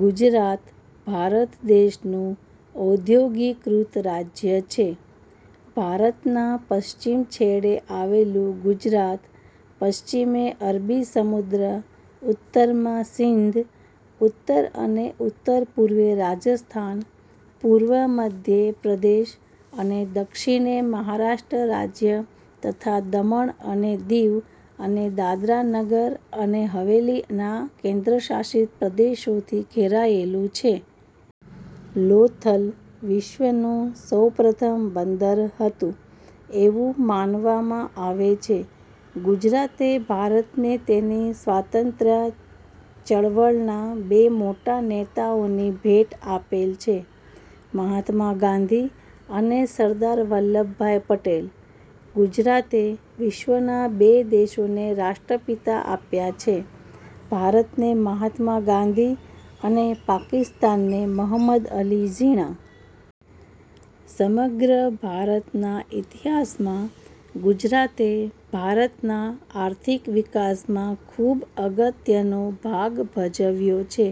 ગુજરાત ભારત દેશનું ઔદ્યોગીકૃત રાજ્ય છે. ભારતના પશ્ચિમ છેડે આવેલું ગુજરાત પશ્ચિમે અરબી સમુદ્ર, ઉત્તરમાં સિંધ, ઉત્તર અને ઉત્તરપૂર્વે રાજસ્થાન, પૂર્વે મધ્ય પ્રદેશ અને દક્ષિણે મહારાષ્ટ્ર રાજ્ય તથા દમણ અને દીવ અને દાદરા અને નગર હવેલી ના કેન્દ્રશાસિત પ્રદેશોથી ઘેરાયેલું છે. લોથલ વિશ્વનું સૌ પ્રથમ બંદર હતું એવું માનવામાં આવે છે. ગુજરાતે ભારતને તેની સ્વાતંત્ર્ય ચળવળના બે મોટા નેતાઓની ભેટ આપેલ છે મહાત્મા ગાંધી અને સરદાર વલ્લભભાઈ પટેલ. ગુજરાતે વિશ્વના બે દેશોને રાષ્ટ્રપિતા આપ્યા છે ભારતને મહાત્મા ગાંધી અને પાકિસ્તાનને મહમદ અલી ઝીણા. સમગ્ર ભારતના ઇતિહાસમાં ગુજરાતે ભારતના આર્થિક વિકાસમાં ખૂબ અગત્યનો ભાગ ભજવ્યો છે.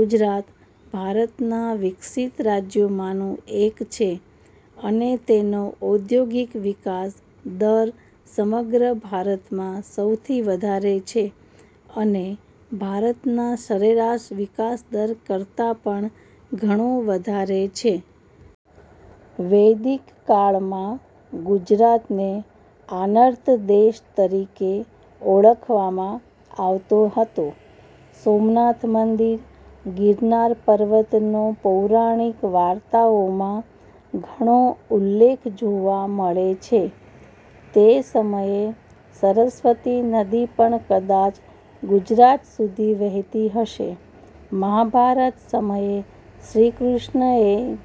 ગુજરાત ભારતના વિકસિત રાજ્યોમાંનું એક છે અને તેનો ઔદ્યોગિક વિકાસ દર સમગ્ર ભારતમાં સૌથી વધારે છે અને ભારતના સરેરાશ વિકાસદર કરતાંં પણ ઘણો વધારે છે. વૈદિક કાળમાં ગુજરાતને આનર્ત દેશ તરીકે ઓળખવામાં આવતો હતો. સોમનાથ મંદિર, ગિરનાર પર્વતનો પૌરાણિક વાર્તાઓમાં ઘણો ઉલ્લેખ જોવા મળે છે. તે સમયે સરસ્વતી નદી પણ કદાચ ગુજરાત સુધી વહેતી હશે. મહાભારત સમયે શ્રી કૃષ્ણએ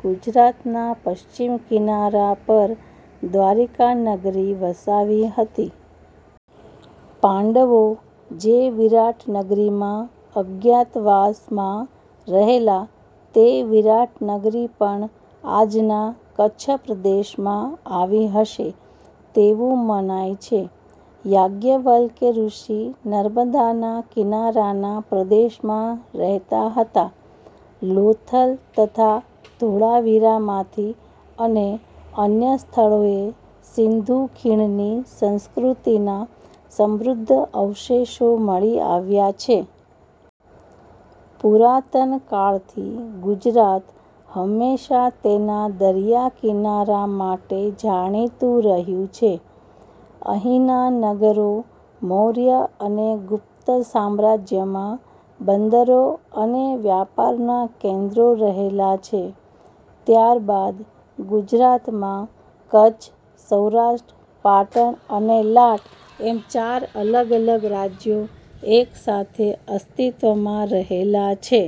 ગુજરાતના પશ્ચિમ કિનારા પર દ્વારિકા નગરી વસાવી હતી. પાંડવો જે વિરાટ નગરીમાં અજ્ઞાતવાસમાં રહેલા તે વિરાટ નગરી પણ આજના કચ્છ પ્રદેશમાં આવી હશે તેવું મનાય છે. યાજ્ઞવલ્કય ઋષિ નર્મદાના કિનારાના પ્રદેશમાં રહેતા હતા. લોથલ તથા ધોળાવીરામાંથી અને અન્ય સ્થળોએ સીંધુ ખીણની સંસ્કૃતિના સમૃદ્ધ અવશેષો મળી આવ્યા છે. પુરાતન કાળથી ગુજરાત હંમેશા તેના દરિયાકિનારા માટે જાણીતુ રહ્યું છે. અહીંના નગરો મૌર્ય અને ગુપ્ત સામ્રાજ્યમાં બંદરો અને વ્યાપારનાં કેન્દ્રો રહેલા છે. ત્યારબાદ ગુજરાતમાં કચ્છ, સૌરાષ્ટ્ર, પાટણ અને લાટ એમ ચાર અલગ રાજ્યો એક સાથે અસ્તિત્વમાં રહેલા છે.